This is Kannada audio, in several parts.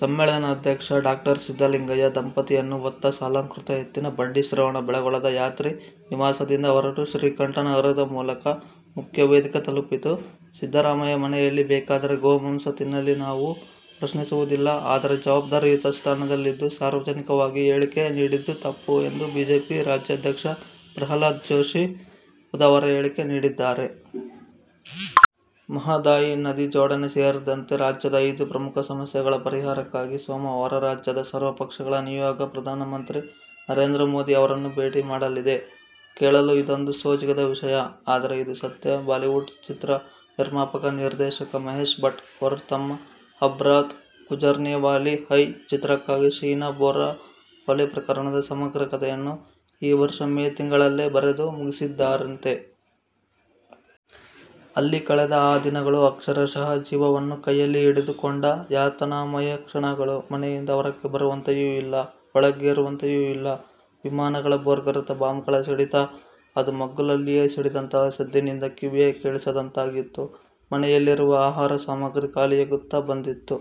ಸಮ್ಮೇಳನಾಧ್ಯಕ್ಷ ಡಾ ಸಿದ್ಧಲಿಂಗಯ್ಯ ದಂಪತಿಯನ್ನು ಹೊತ್ತ ಸಾಲಂಕೃತ ಎತ್ತಿನ ಬಂಡಿ ಶ್ರವಣಬೆಳಗೊಳದ ಯಾತ್ರಿ ನಿವಾಸದಿಂದ ಹೊರಟು ಶ್ರೀಕಂಠ ನಗರದ ಮೂಲಕ ಮುಖ್ಯ ವೇದಿಕೆ ತಲುಪಿತು. ಸಿದ್ಧರಾಮಯ್ಯ ಮನೆಯಲ್ಲಿ ಬೇಕಾದರೆ ಗೋಮಾಂಸ ತಿನ್ನಲಿ ನಾವು ಪ್ರಶ್ನಿಸುವುದಿಲ್ಲಆದರೆ ಜವಾಬ್ದಾರಿಯುತ ಸ್ಥಾನದಲ್ಲಿದ್ದು ಸಾರ್ವಜನಿಕವಾಗಿ ಹೇಳಿಕೆ ನೀಡಿದ್ದು ತಪ್ಪು ಎಂದು ಬಿಜೆಪಿ ರಾಜ್ಯಾಧ್ಯಕ್ಷ ಪ್ರಹ್ಲಾದ್ ಜೋಷಿ ಬುಧವಾರ ಹೇಳಿಕೆ ನೀಡಿದ್ದಾರೆ. ಮಹದಾಯಿ ನದಿ ಜೋಡಣೆ ಸೇರಿದಂತೆ ರಾಜ್ಯದ ಐದು ಪ್ರಮುಖ ಸಮಸ್ಯೆಗಳ ಪರಿಹಾರಕ್ಕಾಗಿ ಸೋಮವಾರ ರಾಜ್ಯದ ಸರ್ವಪಕ್ಷಗಳ ನಿಯೋಗ ಪ್ರಧಾನಮಂತ್ರಿ ನರೇಂದ್ರ ಮೋದಿ ಅವರನ್ನು ಭೇಟಿ ಮಾಡಲಿದೆ. ಕೇಳಲು ಇದೊಂದು ಸೋಜಿಗದ ವಿಷಯ ಆದರೆ ಇದು ಸತ್ಯ ಬಾಲಿವುಡ್ ಚಿತ್ರ ನಿರ್ಮಾಪಕ, ನಿರ್ದೇಶಕ ಮಹೇಶ್ ಭಟ್ ಅವರು ತಮ್ಮ "ಅಬ್ ರಾತ್ ಗುಜರ್ನೆವಾಲೀ ಹೈ' ಚಿತ್ರಕ್ಕಾಗಿ ಶೀನಾ ಬೋರಾ ಕೊಲೆ ಪ್ರಕರಣದ ಸಮಗ್ರ ಕಥೆಯನ್ನು ಈ ವರ್ಷ ಮೇ ತಿಂಗಳಲ್ಲೇ ಬರೆದು ಮುಗಿಸಿದ್ದಾರಂತೆ! "ಅಲ್ಲಿ ಕಳೆದ ಆ ದಿನಗಳು ಅಕ್ಷರಶಃ ಜೀವವನ್ನು ಕೈಯಲ್ಲಿ ಹಿಡಿದು ಕೊಂಡ ಯಾತನಾಮಯ ಕ್ಷಣಗಳು. ಮನೆಯಿಂದ ಹೊರಕ್ಕೆ ಬರುವಂತೆಯೂ ಇಲ್ಲ, ಒಳಗೆ ಇರುವಂತೆಯೂ ಇಲ್ಲ. ವಿಮಾನಗಳ ಭೋರ್ಗರೆತ, ಬಾಂಬ್ಗಳ ಸಿಡಿತ, ಅದೂ ಮಗ್ಗುಲಲ್ಲಿಯೇ ಸಿಡಿದಂತಹ ಸದ್ದಿನಿಂದ ಕಿವಿಯೇ ಕೇಳಿಸದಂತಾಗಿತ್ತು. ಮನೆಯಲ್ಲಿರುವ ಆಹಾರ ಸಾಮಗ್ರಿ ಖಾಲಿಯಾಗುತ್ತಾ ಬಂದಿತ್ತು.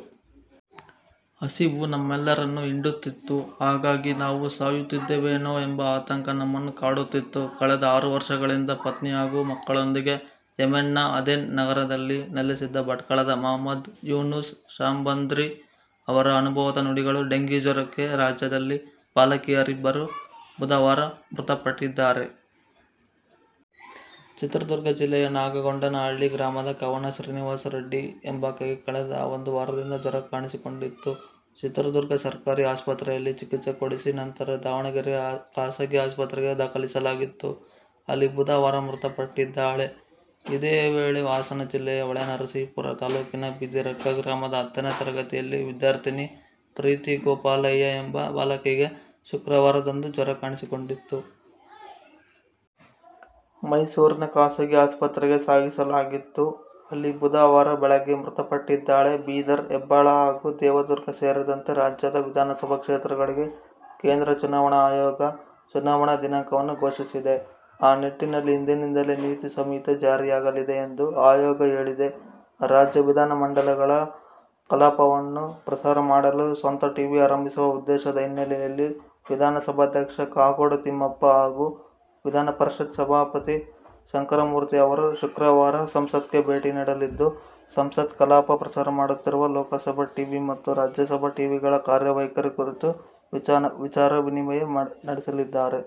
ಹಸಿವು ನಮ್ಮೆಲ್ಲರನ್ನು ಹಿಂಡುತ್ತಿತ್ತು. ಹಾಗಾಗಿ, ನಾವು ಸಾಯುತ್ತಿದ್ದೇವೇನೋ ಎಂಬ ಆತಂಕ ನಮ್ಮನ್ನು ಕಾಡುತ್ತಿತ್ತು'. ಕಳೆದ ಆರು ವರ್ಷಗಳಿಂದ ಪತ್ನಿ ಹಾಗೂ ಮಕ್ಕಳೊಂದಿಗೆ ಯೆಮೆನ್ನ ಆದೆನ್ ನಗರದಲ್ಲಿ ನೆಲೆಸಿದ್ದ ಭಟ್ಕಳದ ಮಹಮ್ಮದ್ ಯೂನೂಸ್ ಶಾಬಂದ್ರಿ ಅವರ ಅನುಭವದ ನುಡಿಗಳು. ಡೆಂಘೀ ಜ್ವರಕ್ಕೆ ರಾಜ್ಯದಲ್ಲಿ ಬಾಲಕಿಯರಿಬ್ಬರು ಬುಧವಾರ ಮೃತಪಟ್ಟಿದ್ದಾರೆ. ಚಿತ್ರದುರ್ಗ ಜಿಲ್ಲೆಯ ನಾಗಗೊಂಡನಹಳ್ಳಿ ಗ್ರಾಮದ ಕವನ ಶ್ರೀನಿವಾಸ ರೆಡ್ಡಿ ಎಂಬಾಕೆಗೆ ಕಳೆದ ಒಂದು ವಾರದಿಂದ ಜ್ವರ ಕಾಣಿಸಿಕೊಂಡಿತ್ತು. ಚಿತ್ರದುರ್ಗ ಸರ್ಕಾರಿ ಆಸ್ಪತ್ರೆಯಲ್ಲಿ ಚಿಕಿತ್ಸೆ ಕೊಡಿಸಿ ನಂತರ ದಾವಣಗೆರೆ ಖಾಸಗಿ ಆಸ್ಪತ್ರೆಗೆ ದಾಖಲಿಸಲಾಗಿತ್ತು. ಅಲ್ಲಿ ಬುಧವಾರ ಮೃತಪಟ್ಟಿದ್ದಾಳೆ. ಇದೇ ವೇಳೆ ಹಾಸನ ಜಿಲ್ಲೆಯ ಹೊಳೆನರಸೀಪುರ ತಾಲೂಕಿನ ಬಿದಿರಕ್ಕ ಗ್ರಾಮದ ಹತ್ತನೇ ತರಗತಿಯಲ್ಲಿ ವಿದ್ಯಾರ್ಥಿನಿ ಪ್ರೀತಿ ಗೋಪಾಲಯ್ಯ ಎಂಬ ಬಾಲಕಿಗೆ ಶುಕ್ರವಾರದಿಂದ ಜ್ವರ ಕಾಣಿಸಿಕೊಂಡಿತ್ತು. ಮೈಸೂರಿನ ಖಾಸಗಿ ಆಸ್ಪತ್ರೆಗೆ ಸಾಗಿಸಲಾಗಿತ್ತು. ಅಲ್ಲಿ ಬುಧವಾರ ಬೆಳಗ್ಗೆ ಮೃತಪಟ್ಟಿದ್ದಾಳೆ. ಬೀದರ್, ಹೆಬ್ಬಾಳ ಹಾಗೂ ದೇವದುರ್ಗ ಸೇರಿದಂತೆ ರಾಜ್ಯದ ವಿಧಾನಸಭಾ ಕ್ಷೇತ್ರಗಳಿಗೆ ಕೇಂದ್ರ ಚುನಾವಣಾ ಆಯೋಗ ಚುನಾವಣಾ ದಿನಾಂಕವನ್ನು ಘೋಷಿಸಿದೆ. ಆ ನಿಟ್ಟಿನಲ್ಲಿ ಇಂದಿನಿಂದಲೇ ನೀತಿ ಸಂಹಿತೆ ಜಾರಿಯಾಗಲಿದೆ ಎಂದು ಆಯೋಗ ಹೇಳಿದೆ. ರಾಜ್ಯ ವಿಧಾನಮಂಡಲಗಳ ಕಲಾಪವನ್ನು ಪ್ರಸಾರ ಮಾಡಲು ಸ್ವಂತ ಟಿವಿ ಆರಂಭಿಸುವ ಉದ್ದೇಶದ ಹಿನ್ನೆಲೆಯಲ್ಲಿ ವಿಧಾನಸಭಾಧ್ಯಕ್ಷ ಕಾಗೋಡು ತಿಮ್ಮಪ್ಪ ಹಾಗೂ ವಿಧಾನಪರಿಷತ್ ಸಭಾಪತಿ ಶಂಕರಮೂರ್ತಿ ಅವರು ಶುಕ್ರವಾರ ಸಂಸತ್ಗೆ ಭೇಟಿ ನೀಡಲಿದ್ದು, ಸಂಸತ್ ಕಲಾಪ ಪ್ರಸಾರ ಮಾಡುತ್ತಿರುವ ಲೋಕಸಭಾ ಟಿವಿ ಮತ್ತು ರಾಜ್ಯಸಭಾ ಟಿವಿಗಳ ಕಾರ್ಯವೈಖರಿ ಕುರಿತು ವಿಚಾರ ವಿನಿಮಯ ನಡೆಸಲಿದ್ದಾರೆ.